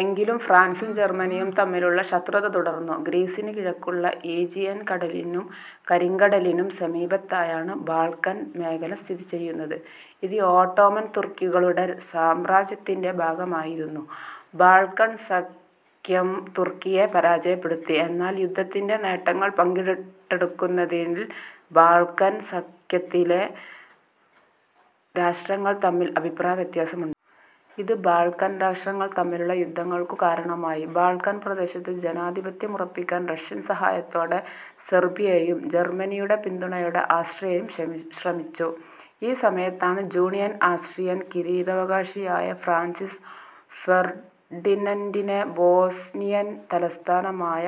എങ്കിലും ഫാൻസും ജർമനിയും തമ്മിലുള്ള ശത്രുത തുടർന്നു. ഗ്രീസിന് കിഴക്കുള്ള ഈജിയൻ കടലിനും കരിങ്കടലിനും സമീപത്തായാണ് ബാൾക്കൻ മേഖല സ്ഥിതിചെയ്യുന്നത്. ഇത് ഓട്ടോമൻ തുർക്കികളുടെ സാമ്രാജ്യത്തിന്റെ ഭാഗമായിരുന്നു. ബാൾക്കൺ സഖ്യം തുർക്കിയെ പരാജയപ്പെടുത്തി. എന്നാൽ യുദ്ധത്തിന്റെ നേട്ടങ്ങൾ പങ്കിട്ടെടുക്കുന്നതിൽ ബാൾക്കൻ സഖ്യത്തിലെ രാഷ്ട്രങ്ങൾ തമ്മിൽ അഭിപ്രായവ്യത്യാസം ഉണ്ടായി. ഇത് ബാൾക്കൺ രാഷ്ട്രങ്ങൾ തമ്മിലുള്ള യുദ്ധങ്ങൾക്കു കാരണമായി. ബാൾക്കൻ പ്രദേശത്ത് ആധിപത്യമുറപ്പിക്കാൻ റഷ്യൻ സഹായത്തോടെ സെർബിയയും ജർമനിയുടെ പിന്തുണയോടെ ആസ്ട്രിയയും ശ്രമിച്ചു. ഈ സമയത്താണ് ജൂണിൽ ആസ്ട്രിയൻ കിരീടാവകാശിയായ ഫ്രാൻസിസ് ഫെർഡിനന്റിനെ ബോസ്നിയൻ തലസ്ഥാനമായ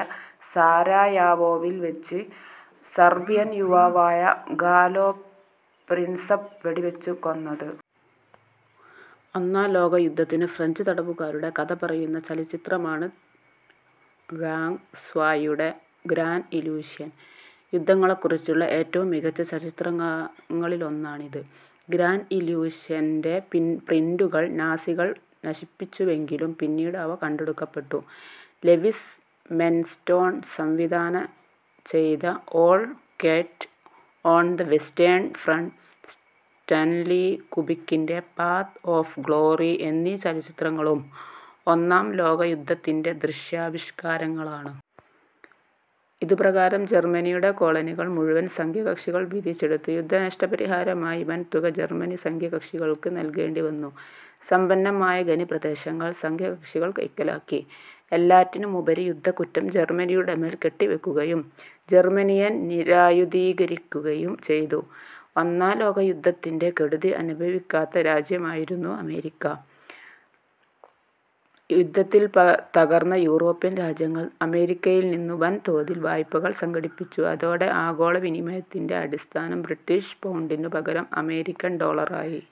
സാരയാവോയിൽ വച്ച് സെർബിയൻ യുവാവായ ഗാലൊ പ്രിൻസപ്പ് വെടിവെച്ചു കൊന്നത്. ഒന്നാം ലോകയുദ്ധത്തിലെ ഫ്രഞ്ച് തടവുകാരുടെ കഥപറയുന്ന ചലച്ചിത്രമാണ് ഴാങ് സ്വായുടെ ഗ്രാൻഡ് ഇല്യൂഷൻ'. യുദ്ധങ്ങളെക്കുറിച്ചുള്ള ഏറ്റവും മികച്ച ചലച്ചിത്രങ്ങളിലൊന്നാണിത്. "ഗ്രാൻഡ് ഇല്യൂഷന്റെ പ്രിന്റുകൾ നാസികൾ നശിപ്പിച്ചുവെങ്കിലും പിന്നീട് അവ കണ്ടെടുക്കപ്പെട്ടു. ലെവിസ് മൈൻസ്റ്റോൺ സംവിധാന ചെയ്ത "all quiet on the western front', Stanley കുബിക്കിന്റെ "പാത്ത് ഓഫ് ഗ്ലോറി' എന്നീ ചലച്ചിത്രങ്ങളും ഒന്നാം ലോകയുദ്ധ ത്തിന്റെ ദൃശ്യാവിഷ്കാരങ്ങളാണ്. ഇതുപ്രകാരം ജർമനിയുടെ കോളനികൾ മുഴുവൻ സഖ്യകക്ഷികൾ വീതിച്ചെടുത്തു. യുദ്ധ നഷ്ട പരിഹാരമായി വൻ തുക ജർമനി സഖ്യ കക്ഷികൾക്ക് നൽകേണ്ടിവന്നു. സമ്പന്നമായ ഖനിപ്രദേശങ്ങൾ സഖ്യകക്ഷികൾ കൈക്കലാക്കി. എല്ലാറ്റിനുമുപരി യുദ്ധക്കുറ്റം ജർമനിയുടെമേൽ കെട്ടിവയ്ക്കുകയും ജർമനിയെ നിരായുധീകരിക്കുകയും ചെയ്തു. ഒന്നാം ലോകയുദ്ധത്തിന്റെ കെടുതി അനുഭവിക്കാത്ത രാജ്യമായിരുന്നു അമേരിക്ക. യുദ്ധത്തിൽ തകർന്ന യൂറോപ്യൻ രാജ്യങ്ങൾ അമേരിക്കയിൽനിന്നു വൻതോതിൽ വായ്പകൾ സംഘടിപ്പിച്ചു. അതോടെ ആഗോള വിനിമയത്തിന്റെ അടിസ്ഥാനം ബ്രിട്ടീഷ് പൗണ്ടിനു പകരം അമേരിക്കൻ ഡോളറായി